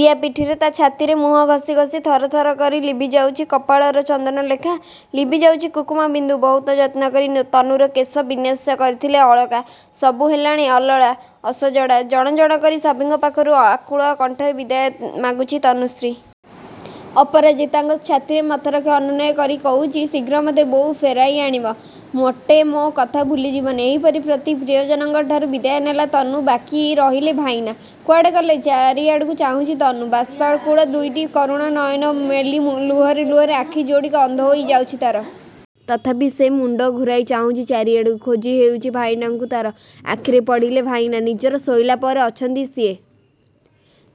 ଇଆ ପିଠିରେ, ତା' ଛାତିରେ ମୁହଁ ଘସି ଘସି ଥର ଥର କରି ଲିଭି ଯାଉଛି କପାଳର ଚନ୍ଦନ ଲେଖା। ଲିଭି ଯାଉଛି କୁଙ୍କୁମ ବିନ୍ଦୁ। ବହୁତ ଯତ୍ନ କରି ତନୁର କେଶ ବିନ୍ୟାସ କରିଥିଲେ ଅଳକା। ସବୁ ହେଲାଣି ଅଲରା, ଅସଜଡ଼ା। ଜଣ ଜଣ କରି ସଭିଙ୍କ ପାଖରୁ ଆକୁଳ କଣ୍ଠରେ ବିଦାୟ ମାଗୁଛି ତନୁଶ୍ରୀ। ଅପରାଜିତାଙ୍କ ଛାତିରେ ମଥା ରଖି ଅନୁନୟ କରି କହୁଛି ଶୀଘ୍ର ମୋତେ ବୋଉ ଫେରାଇ ଆଣିବ। ମୋଟେ ମୋ କଥା ଭୁଲି ଯିବନି। ଏହିପରି ପ୍ରତି ପ୍ରିୟଜନଙ୍କଠାରୁ ବିଦାୟ ନେଲା ତନୁ। ବାକି ରହିଲେ ଭାଇନା। କୁଆଡ଼େ ଗଲେ, ଚାରିଆଡ଼କୁ ଚାହୁଁଛି ତନୁ। ବାଷ୍ପାକୁଳ ଦୁଇଟି କରୁଣ ନୟନ ମେଲି ଲୁହରେ ଲୁହରେ ଆଖି ଯୋଡ଼ିକ ଅନ୍ଧ ହୋଇ ଯାଉଛି ତା'ର। ତଥାପି ସେ ମୁଣ୍ଡ ଘୂରାଇ ଚାହୁଁଛି ଚାରିଆଡ଼କୁ। ଖୋଜି ହେଉଛି ଭାଇନାଙ୍କୁ ତା'ର। ଆଖିରେ ପଡ଼ିଲେ ଭାଇନା। ନିଜର ଶୋଇଲା ଘରେ ଅଛନ୍ତି ସିଏ।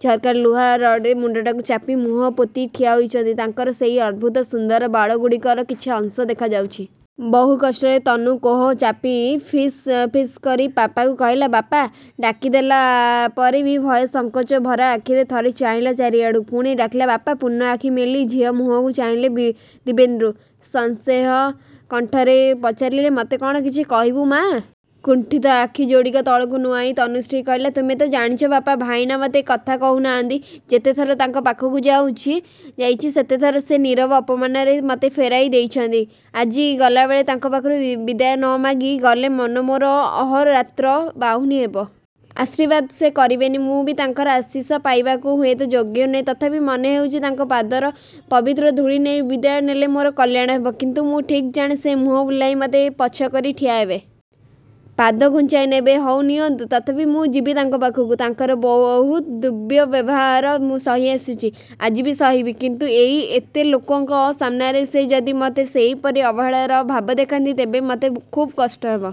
ଝରକାର ଲୁହା ରଡ୍‌ରେ ମୁଣ୍ଡଟାକୁ ଚାପି ମୁହଁ ପୋତି ଠିଆ ହୋଇଛନ୍ତି। ତାଙ୍କର ସେଇ ଅଦ୍ଭୁତ ସୁନ୍ଦର ବାଳଗୁଡ଼ିକର କିଛି ଅଂଶ ଦେଖାଯାଉଛି। ବହୁ କଷ୍ଟରେ ତନୁ କୋହ ଚାପି ଫିସ୍ ଫିସ୍ କରି ବାପାଙ୍କୁ କହିଲା, ବାପା! ଡାକିଦେଲା ପରେ ବି ଭୟ ସଂକୋଚ ଭରା ଆଖିରେ ଥରେ ଚାହିଁଲା ଚାରିଆଡ଼କୁ। ପୁଣି ଡାକିଲା ବାପା ପୂର୍ଣ୍ଣ ଆଖି ମେଲି ଝିଅ ମୁହଁକୁ ଚାହିଁଲେ ଦିବ୍ୟେନ୍ଦୁ। ସସ୍ନେହ କଣ୍ଠରେ ପଚାରିଲେ ମତେ କ'ଣ କିଛି କହିବୁ ମାଆ? କୁଣ୍ଠିତ ଆଖି ଯୋଡ଼ିକ ତଳକୁ ନୁଆଁଇ ତନୁଶ୍ରୀ କହିଲା ତୁମେ ତ ଜାଣିଛ ବାପା, ଭାଇନା ମୋତେ କଥା କହୁ ନାହାନ୍ତି। ଯେତେଥର ତାଙ୍କ ପାଖକୁ ଯାଇଛି ସେତେଥର ସେ ନୀରବ ଅପମାନରେ ମତେ ଫେରାଇ ଦେଇଛନ୍ତି। ଆଜି ଗଲା ବେଳେ ତାଙ୍କ ପାଖରୁ ବିଦାୟ ନ ମାଗି ଗଲେ ମନ ମୋର ଅହୋରାତ୍ର ବାହୁନି ହେବ। ଆଶୀର୍ବାଦ ସେ କରିବେନି। ମୁଁ ବି ତାଙ୍କର ଆଶୀଷ ପାଇବାକୁ ହୁଏତ ଯୋଗ୍ୟ ନୁହେଁ। ତଥାପି ମନେ ହେଉଛି ତାଙ୍କ ପାଦର ପବିତ୍ର ଧୂଳି ନେଇ ବିଦାୟ ନେଲେ ମୋର କଲ୍ୟାଣ ହେବ। କିନ୍ତୁ ମୁଁ ଠିକ୍ ଜାଣେ ସେ ମୁହଁ ବୁଲାଇ ମତେ ପଛ କରି ଠିଆ ହେବେ। ପାଦ ଘୁଞ୍ଚାଇ ନେବେ। ହଉ ନିଅନ୍ତୁ। ତଥାପି ମୁଁ ଯିବି ତାଙ୍କ ପାଖକୁ। ତାଙ୍କର ବହୁତ ଦୁର୍ବ୍ୟବହାର ମୁଁ ସହି ଆସିଛି। ଆଜି ବି ସହିବି। କିନ୍ତୁ ଏଇ ଏତେ ଲୋକଙ୍କ ସାମନାରେ ସେ ଯଦି ମତେ ସେହିପରି ଅବହେଳାର ଭାବ ଦେଖାନ୍ତି ତେବେ ମତେ ଖୁବ୍ କଷ୍ଟ ହେବ।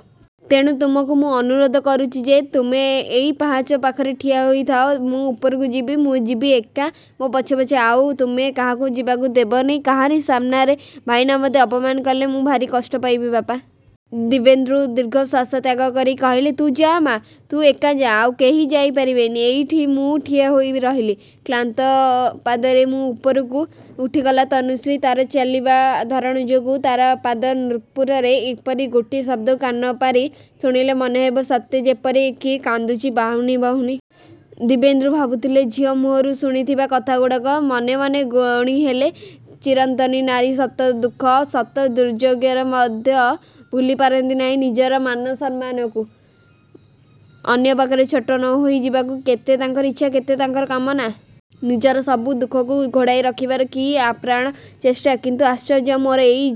ତେଣୁ ତୁମକୁ ମୁଁ ଅନୁରୋଧ କରୁଛି ଯେ ତୁମେ ଏଇ ପାହାଚ ପାଖରେ ଠିଆ ହୋଇଥାଅ। ମୁଁ ଉପରକୁ ଯିବି। ମୁଁ ଯିବି ଏକା। ମୋ ପଛେ ପଛେ ଆଉ ତୁମେ କାହାକୁ ଯିବାକୁ ଦେବନି। କାହାରି ସାମନାରେ ଭାଇନା ମୋତେ ଅପମାନ କଲେ ମୁଁ ଭାରି କଷ୍ଟ ପାଇବି, ବାପା। ଦିବ୍ୟେନ୍ଦୁ ଦୀର୍ଘଶ୍ୱାସ ତ୍ୟାଗ କରି କହିଲେ ତୁ ଯା ମାଆ, ତୁ ଏକା ଯାଆ। ଆଉ କେହି ଯାଇ ପାରିବେନି। ଏଇଠି ମୁଁ ଠିଆ ହୋଇ ରହିଲି। କ୍ଳାନ୍ତ ପାଦରେ ଉପରକୁ ଉଠି ଗଲା ତନୁଶ୍ରୀ। ତା'ର ଚାଲିବା ଧରଣ ଯୋଗୁଁ ତା' ପାଦ ନୂପୁରରେ ଏପରି ଗୋଟିଏ ଶବ୍ଦକୁ କାନ ପାରି ଶୁଣିଲେ ମନେ ହେବ ସତେଯେପରି କିଏ କାନ୍ଦୁଛି ବାହୁନି ବାହୁନି। ଦିବ୍ୟେନ୍ଦୁ ଭାବୁଥିଲେ ଝିଅ ମୁହଁରୁ ଶୁଣିଥିବା କଥାଗୁଡ଼ିକ। ମନେ ମନେ ଗୁଣି ହେଲେ, ଚିରନ୍ତନୀ ନାରୀ ଶତ ଦୁଃଖ, ଶତ ଦୁର୍ଯୋଗରେ ମଧ୍ୟ ଭୁଲି ପାରନ୍ତି ନାହିଁ ନିଜର ମାନସମ୍ମାନକୁ। ଅନ୍ୟ ପାଖରେ ଛୋଟ ନ ହୋଇ ଯିବାକୁ କେତେ ତାଙ୍କର ଇଚ୍ଛା, କେତେ ତାଙ୍କର କାମନା। ନିଜର ସବୁ ଦୁଃଖକୁ ଘୋଡ଼ାଇ ରଖିବାର କି ଆପ୍ରାଣ ଚେଷ୍ଟା! କିନ୍ତୁ ଆଶ୍ଚର୍ଯ୍ୟ! ମୋର ଏଇ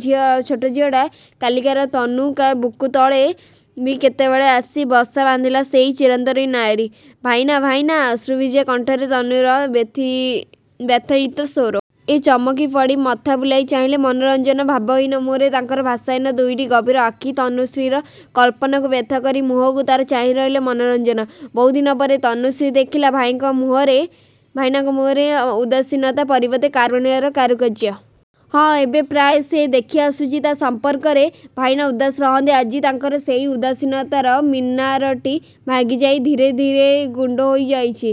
ଛୋଟ ଝିଅଟା। କାଲିକାର ତନୁ ତା' ବୁକୁ ତଳେ ବି କେତେବେଳେ ଆସି ବସା ବାନ୍ଧିଲା ସେହି ଚିରନ୍ତନୀ ନାରୀ। ଭାଇନା ଭାଇନା। ଅଶ୍ରୁଭିଜା କଣ୍ଠରେ ତନୁର ବ୍ୟଥାୟିତ ସ୍ୱର। ଏଁ, ଚମକି ପଡ଼ି ମଥା ବୁଲାଇ ଚାହିଁଲେ ମନୋରଞ୍ଜନ। ଭାବହୀନ ମୁହଁରେ ତାଙ୍କର ଭାଷାହୀନ ଦୁଇଟି ଗଭୀର ଆଖି। ତନୁଶ୍ରୀର କଳ୍ପନାକୁ ବ୍ୟର୍ଥ କରି ମୁହଁକୁ ତା'ର ଚାହିଁ ରହିଲେ ମନୋରଞ୍ଜନ। ବହୁଦିନ ପରେ ତନୁଶ୍ରୀ ଦେଖିଲା ଭାଇନାଙ୍କ ମୁହଁରେ ଉଦାସୀନତା ପରିବର୍ତ୍ତେ କାରୁଣ୍ୟର କାରୁକାର୍ଯ୍ୟ। ହଁ, ଏବେ ପ୍ରାୟ ସେ ଦେଖି ଆସୁଛି ତା' ସମ୍ପର୍କରେ ଭାଇନା ଉଦାସ ରହନ୍ତି। ଆଜି ତାଙ୍କର ସେଇ ଉଦାସୀନତାର ମିନାରଟି ଭାଙ୍ଗି ଯାଇ ଧୀରେ ଧୀରେ ଗୁଣ୍ଡ ହୋଇ ଯାଉଛି।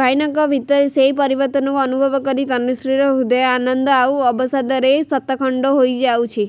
ଭାଇନାଙ୍କ ଭିତରେ ସେଇ ପରିବର୍ତ୍ତନକୁ ଅନୁଭବ କରି ତନୁଶ୍ରୀର ହୃଦୟ ଆନନ୍ଦ, ଆଉ ଅବସାଦରେ ଶତଖଣ୍ଡ ହୋଇ ଯାଉଛି।